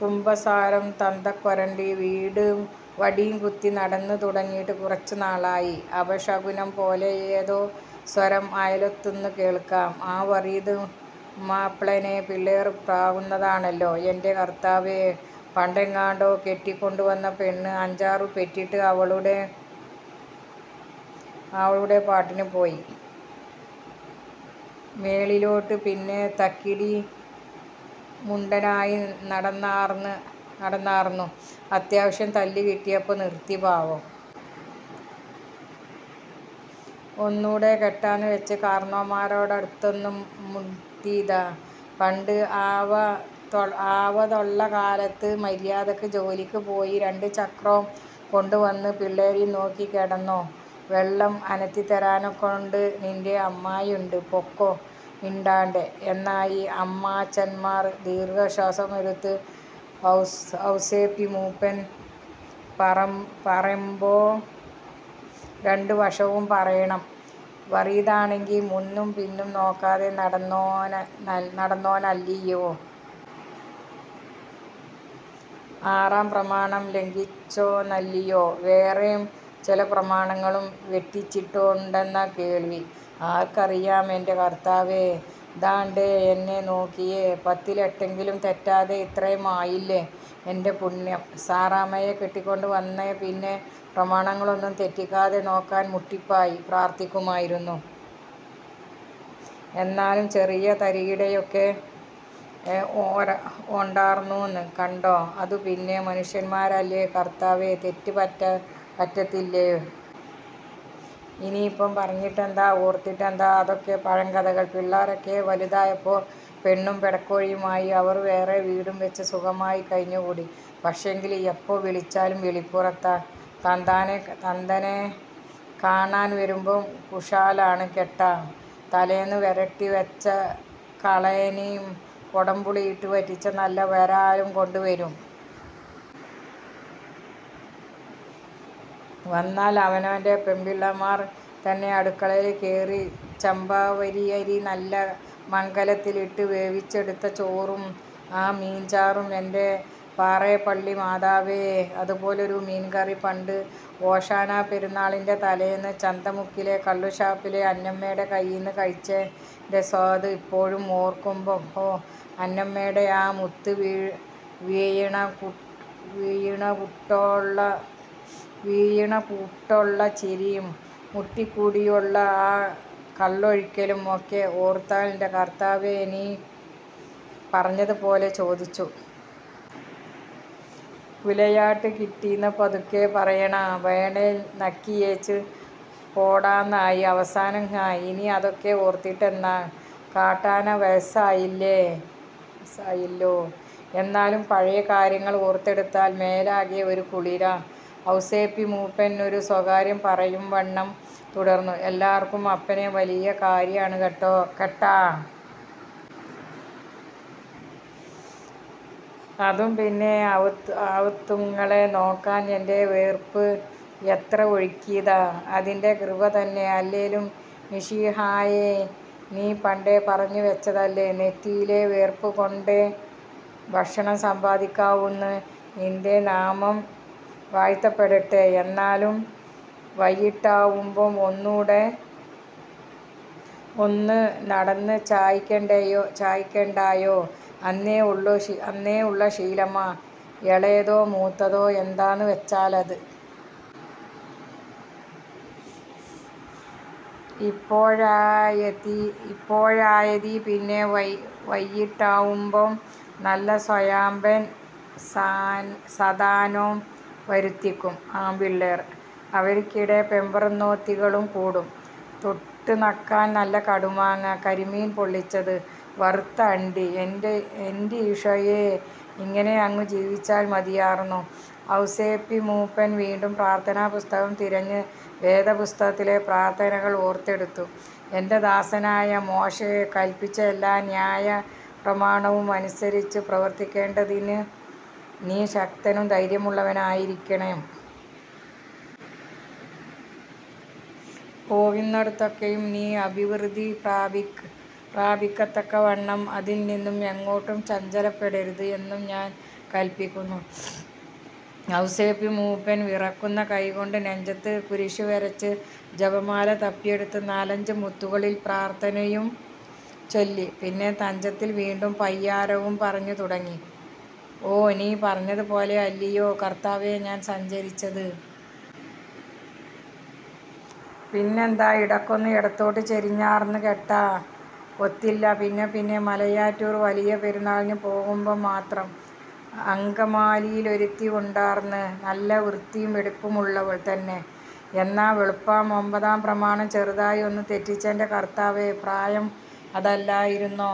കുമ്പസാരം " തന്തക്കൊരണ്ടി വടീംകുത്തി നടന്നുതുടങ്ങീട്ട് കുറച്ചുനാളായി ". അപശകുനം പോലെയേതോ സ്വരം അയലോത്തുന്നു കേൾക്കാം. ആ വറീത് മാപ്പ്ളേനെ പിള്ളേർ പ്രാകുന്നതാണല്ലോ എന്‍റെ കർത്താവേ! പണ്ടെങ്ങാണ്ടോ കെട്ടിക്കൊണ്ടുവന്ന പെണ്ണ് അഞ്ചാറുപെറ്റിട്ട് അവളുടെ പാട്ടിനുപോയി, മേളിലോട്ട്. പിന്നെ തക്കിടിമുണ്ടനായി നടന്നാർന്നു, അത്യാവശ്യം തല്ല്കിട്ടിയപ്പോ നിർത്തി. പാവം. ഒന്നൂടെ കെട്ടാംന്ന് വച്ച് കാർന്നോമാരടടുത്തൊന്നു മുട്ടീതാ, പണ്ട് ആവതൊള്ളകാലത്ത്! " മര്യാതയ്ക്ക് ജോലിക്ക് പോയി രണ്ടു ചക്രോം കൊണ്ടുവന്നു പിള്ളേരേം നോക്കി കെടന്നോ. വെള്ളം അനത്തിത്തരാനക്കൊണ്ട് നിന്‍റെ അമ്മായീണ്ട്. പൊക്കോ, മിണ്ടാണ്ടെ '', എന്നായി അമ്മാച്ചന്‍മാര്‍. ദീർഘശ്വാസമെടുത്തു ഔസേപ്പിമൂപ്പൻ. പറേമ്പോ രണ്ടുവശവും പറേണം. വറീതാണെങ്കി മുന്നംപിന്നം നോക്കാതെ നടന്നോനല്ലിയോ. ആറാംപ്രമാണം ലംഘിച്ചോനല്ലിയോ. വേറേം ചെല പ്രമാണങ്ങളും വെട്ടിച്ചിട്ടൊണ്ടെന്നാ കേൾവി. ആർക്കറിയാമെന്‍റെ കർത്താവേ. ദാണ്ടേ, എന്നെ നോക്കിയേ, പത്തിലെട്ടെങ്കിലും തെറ്റാതെ ഇത്രേം ആയില്ലേ. എന്‍റെ പുണ്യം. സാറാമ്മയെ കെട്ടിക്കൊണ്ട് വന്നേപ്പിന്നെ പ്രമാണങ്ങളൊന്നും തെറ്റിക്കാതെ നോക്കാൻ മുട്ടിപ്പായി പ്രാർത്ഥിക്കുമായിരുന്നു. എന്നാലും ചെറിയ തരികിടയൊക്കെ ഒണ്ടാർന്നൂന്നു കണ്ടോ. അതുപിന്നെ മനുഷ്യമ്മാരല്യോ കർത്താവേ തെറ്റ് പറ്റത്തില്ല്യോ? " ഇനീപ്പം പറഞ്ഞിട്ടെന്താ, ഓർത്തിട്ടെന്താ. അതൊക്കെ പഴംകഥകള്‍. പിള്ളേരൊക്കെ വല്തായപ്പോ പെണ്ണും പെടക്കോഴീമായി. അവര്‍ വേറെ വീടും വച്ച് സുഖായി കഴിഞ്ഞുകൂടി, പക്ഷേങ്കില്, എപ്പോ വിളിച്ചാലും വിളിപ്പുറത്താ. തന്തേനെ കാണാൻ വരുമ്പം കുശാലാണ് കേട്ടാ. തലേന്ന് വരട്ടിവച്ച കാളേനേം കൊടംപുളിയിട്ട് വറ്റിച്ച നല്ല വരാലും കൊണ്ട് വരും. വന്നാല്‍ അവനോന്‍റെ പെമ്പിളമാർ തന്നെ അടുക്കളേല് കേറി ചമ്പാവരിയരി നല്ല മങ്കലത്തിലിട്ട് വേവിച്ചെടുത്ത ചോറും ആ മീൻചാറും, എന്‍റെ പാറേപ്പള്ളി മാതാവേ, അതുപോലൊരു മീൻകറി പണ്ട് ഓശാനപെരുന്നാളിന്‍റെ തലേന്ന്, ചന്തമുക്കിലെ കള്ളുഷാപ്പിലെ അന്നമ്മേടെ കയ്യീന്ന് കഴിച്ചേന്റെ സ്വാദ്! ഇപ്പോഴും ഓർക്കുമ്പം, ഹോ! അന്നമ്മേടെ ആ മുത്തുവീഴണകൂട്ടൊള്ള ചിരീം മുട്ടിക്കൂടിയൊള്ള ആ കള്ളൊഴിക്കലും ഒക്കെ ഓർത്താൽ ന്‍റെ കർത്താവേ, നീ പറഞ്ഞത് പോലെ, ചോദിച്ചു. പുലയാട്ട് കിട്ടീന്ന് പതുക്കെ പറയണാ. വേണേൽ നക്കിയേച്ച് പോടാന്നായി അവസാനം. ങ്ഹാ, ഇനി അതൊക്ക ഓർത്തിട്ടെന്നാ കാട്ടാനാ. വയസ്സായില്യോ, എന്നാലും പഴേ കാര്യങ്ങള് ഓർത്തെടുത്താൽ മേലാകെ ഒരു കുളിരാ ". ഔസേപ്പി മൂപ്പൻ ഒരു സ്വകാര്യം പറയുംവണ്ണം തുടർന്നു. " എല്ലാർക്കും അപ്പനെ വലിയ കാര്യാണ് കേട്ടാ. അതുപിന്നെ അവുത്തുങ്ങളെ നോക്കാൻ എന്‍റെ വേർപ്പ് എത്ര ഒഴുക്കീതാ. അതിന്‍റെ കൃപതന്നെ. അല്ലേലും മിശിഹായേ നീ പണ്ടേ പറഞ്ഞുവച്ചതല്ലേ, നെറ്റിയിലെ വേർപ്പുകൊണ്ടേ ഭക്ഷണം സമ്പാദിക്കാവൂന്ന്. നിന്‍റെ നാമം വാഴ്ത്തപ്പെടട്ടെ. എന്നാലും വയ്യിട്ടാവുമ്പം ഒന്നു നടു ചായ്ക്കണ്ടായോ? അന്നേ ഒള്ള ശീലമാ, എളേതോ മൂത്തതോ എന്താന്ന് വച്ചാലത്. ഇപ്പോഴായതീപിന്നെ വയ്യിട്ടാവുമ്പം നല്ല സൊയമ്പൻ സാധനോം വരുത്തിക്കും ആമ്പിള്ളേർ. അവരിക്കടെ പെമ്പറൊന്നോത്തികളും കൂടും. തൊട്ട്നക്കാൻ നല്ല കടുമാങ്ങ, കരിമീൻ പൊള്ളിച്ചത്, വറുത്ത അണ്ടി, എന്റീശോയേ ഇങ്ങനെ അങ്ങു ജീവിച്ചാൽ മതിയാർന്നു ". ഔസേപ്പിമൂപ്പൻ വീണ്ടും പ്രാർത്ഥനാപുസ്തകം തിരഞ്ഞു. വേദപുസ്തകത്തിലെ പ്രാർത്ഥനകൾ ഓർത്തെടുത്തു. " എന്‍റെ ദാസനായ മോശെ കല്പിച്ച എല്ലാ ന്യായപ്രമാണവും അനുസരിച്ചു പ്രവർത്തിക്കേണ്ടതിന്നു നീ ശക്തനും ധൈര്യവുമുള്ളവനായിരിക്കേണം. പോകുന്നിടത്തൊക്കെയും നീ അഭിവൃദ്ധി പ്രാപിക്കത്തക്കവണ്ണം അതിൽനിന്നു എങ്ങോട്ടും ചഞ്ചലപ്പെടരുത് എന്നും ഞാൻ കല്പിക്കുന്നു ". ഔസേപ്പിമൂപ്പൻ വിറയ്ക്കുന്ന കൈകൊണ്ട് നെഞ്ചത്തു കുരിശുവരച്ചു. ജപമാല തപ്പിയെടുത്തു നാലഞ്ചു മുത്തുകളിൽ പ്രാർത്ഥനയും ചൊല്ലി. പിന്നെ തഞ്ചത്തിൽ വീണ്ടും പയ്യാരവും പറഞ്ഞു തുടങ്ങി. " ഓ, നീ പറഞ്ഞത്പോലെ അല്ലിയോ കർത്താവേ ഞാൻ സഞ്ചരിച്ചത്! പിന്നെന്താ, ഇടയ്ക്കൊന്നു എടത്തോട്ട് ചരിഞ്ഞാർന്നു കേട്ടാ. ഒത്തില്ല. പിന്നെപ്പിന്നെ, മലയാറ്റൂര്‍ വലിയപെരുന്നാളിന് പോകുമ്പം മാത്രം, അങ്കമാലീലൊരുത്തി ഒണ്ടാർന്നു. നല്ല വൃത്തീം വെടിപ്പും ഒള്ളവൾ തന്നെ. എന്നാ വെളുപ്പാ, ഒമ്പതാം പ്രമാണം ചെറുതായി ഒന്നു തെറ്റിച്ചെന്റെ കർത്താവേ. പ്രായം അതല്ലായിരുന്നോ.